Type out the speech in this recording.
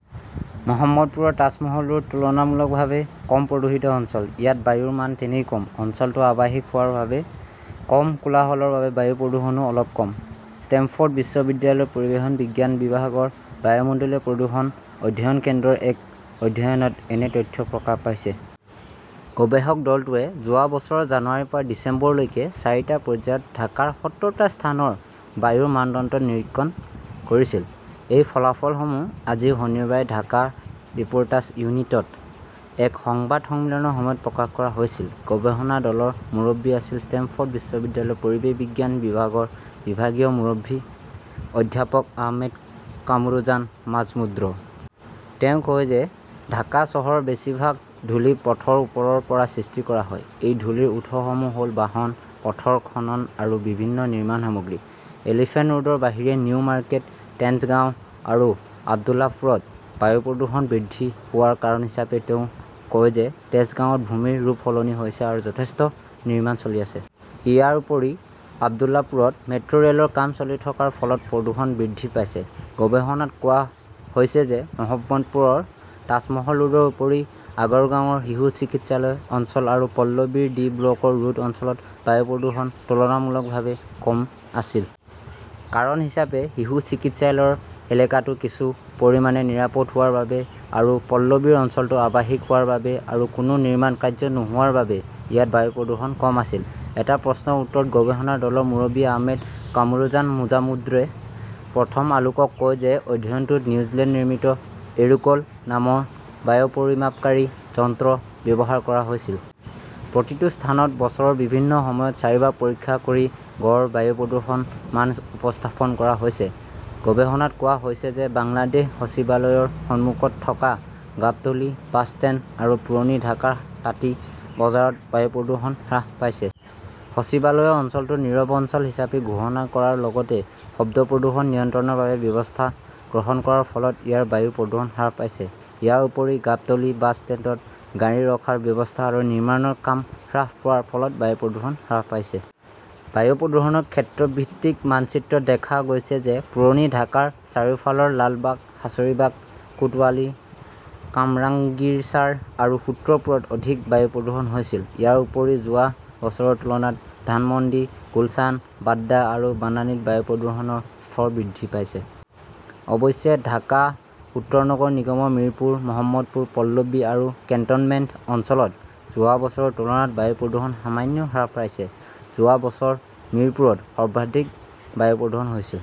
মহম্মদপুৰৰ Taj Mahal road তুলনামূলকভাৱে কম প্ৰদূষিত অঞ্চল। ইয়াত বায়ুৰ মান তেনেই কম। অঞ্চলটো আৱাসিক হোৱাৰ বাবে, কম কোলাহলৰ বাবে বায়ু প্ৰদূষণও অলপ কম। ষ্টেমফৰ্ড বিশ্ববিদ্যালয়ৰ পৰিৱেশ বিজ্ঞান বিভাগৰ বায়ুমণ্ডলীয় প্ৰদূষণ অধ্যয়ন কেন্দ্ৰৰ এক অধ্যয়নত এনে তথ্য প্ৰকাশ পাইছে। গৱেষক দলটোৱে যোৱা বছৰৰ জানুৱাৰীৰ পৰা ডিচেম্বৰলৈকে চাৰিটা পৰ্যায়ত ঢাকাৰ সত্তৰটা স্থানৰ বায়ুৰ মানদণ্ড নিৰীক্ষণ কৰিছিল। এই ফলাফলসমূহ আজি শনিবাৰে ঢাকা ৰিপৰ্টাছ ইউনিটীত এক সংবাদ সন্মিলনৰ সময়ত প্ৰকাশ কৰা হৈছিল। গৱেষণা দলৰ মুৰব্বী আছিল ষ্টেমফৰ্ড বিশ্ববিদ্যালয়ৰ পৰিৱেশ বিজ্ঞান বিভাগৰ বিভাগীয় মুৰব্বী অধ্যাপক আহমেদ কামৰুজান মাজমুদ্ৰ। তেওঁ কয় যে ঢাকা চহৰৰ বেছিভাগ ধূলি পথৰ ওপৰৰ পৰা সৃষ্টি কৰা হয়। এই ধূলিৰ উৎসসমূহ হ'ল বাহন, পথৰ খনন আৰু বিভিন্ন নিৰ্মাণ সামগ্ৰী। এলিফেণ্ট ৰোডৰ বাহিৰে নিউ মাৰ্কেট, তেঞ্জগাও আৰু আব্দুল্লাহপুৰত বায়ু প্ৰদূষণ বৃদ্ধি হোৱাৰ কাৰণ হিচাপে তেওঁ কয় যে তেজগাঁৱত ভূমিৰ ৰূপ সলনি হৈছে আৰু যথেষ্ট নিৰ্মাণ চলি আছে। ইয়াৰ উপৰি আব্দুল্লাপুৰত মেট্ৰ'ৰেলৰ কাম চলি থকাৰ ফলত প্ৰদূষণ বৃদ্ধি পাইছে। গৱেষণাত কোৱা হৈছে যে মহম্মদপুৰৰ তাজমহল ৰোডৰ উপৰি আগৰগাঁৱৰ শিশু চিকিৎসালয় অঞ্চল আৰু পল্লবীৰ ডি ব্লকৰ ৰোড অঞ্চলত বায়ু প্ৰদূষণ তুলনামূলকভাৱে কম আছিল। কাৰণ হিচাপে, শিশু চিকিৎসালয়ৰ এলেকাটো কিছু পৰিমাণে নিৰাপদ হোৱাৰ বাবে আৰু পল্লবীৰ অঞ্চলটো আৱাসিক হোৱাৰ বাবে আৰু কোনো নিৰ্মাণ কাৰ্য নোহোৱাৰ বাবে ইয়াত বায়ু প্ৰদূষণ কম আছিল। এটা প্ৰশ্নৰ উত্তৰত গৱেষণা দলৰ মুৰব্বী আহমেদ কামৰুজান মজামুদ্ৰে প্ৰথম আলোকক কয় যে অধ্যয়নটোত নিউজিলেণ্ডত নিৰ্মিত "এৰোকল" নামৰ বায়ু পৰিমাপকাৰী যন্ত্ৰ ব্যৱহাৰ কৰা হৈছিল। প্ৰতিটো স্থানত বছৰৰ বিভিন্ন সময়ত চাৰিবাৰ পৰীক্ষা কৰি গড় বায়ু প্ৰদূষণৰ মান উপস্থাপন কৰা হৈছে। গৱেষণাত কোৱা হৈছে যে বাংলাদেশ সচিবালয়ৰ সন্মুখত থকা গাবটলি বাছষ্টেণ্ড আৰু পুৰণি ঢাকাৰ তাঁতী বজাৰত বায়ু প্ৰদূষণ হ্ৰাস পাইছে। সচিবালয়ে অঞ্চলটো নীৰৱ অঞ্চল হিচাপে ঘোষণা কৰাৰ লগতে শব্দ প্ৰদূষণ নিয়ন্ত্ৰণৰ বাবে ব্যৱস্থা গ্ৰহণ কৰাৰ ফলত ইয়াৰ বায়ু প্ৰদূষণ হ্ৰাস পাইছে। ইয়াৰ উপৰি গাবটলি বাছ ষ্টেণ্ডত গাড়ী ৰখাৰ ব্যৱস্থা আৰু নিৰ্মাণৰ কাম হ্ৰাস পোৱাৰ ফলত বায়ু প্ৰদূষণ হ্ৰাস পাইছে। বায়ু প্ৰদূষণৰ ক্ষেত্ৰভিত্তিক মানচিত্ৰত দেখা গৈছে যে পুৰণি ঢাকাৰ চাৰিওফালৰ লালবাগ, হাজৰিবাগ, কোটৱালী, কামৰাংগীৰচাৰ আৰু সূত্ৰপুৰত অধিক বায়ু প্ৰদূষণ হৈছিল। ইয়াৰ উপৰি, যোৱা বছৰৰ তুলনাত ধানমণ্ডি, গুলশান, বাড্ডা আৰু বানানিত বায়ু প্ৰদূষণৰ স্তৰ বৃদ্ধি পাইছে। অৱশ্যে, ঢাকা উত্তৰ নগৰ নিগমৰ মিৰপুৰ, মহম্মদপুৰ, পল্লবী আৰু কেণ্টনমেণ্ট অঞ্চলত যোৱা বছৰৰ তুলনাত বায়ু প্ৰদূষণ সামান্য হ্ৰাস পাইছে। যোৱা বছৰ মিৰপুৰত সৰ্বাধিক বায়ু প্ৰদূষণ হৈছিল।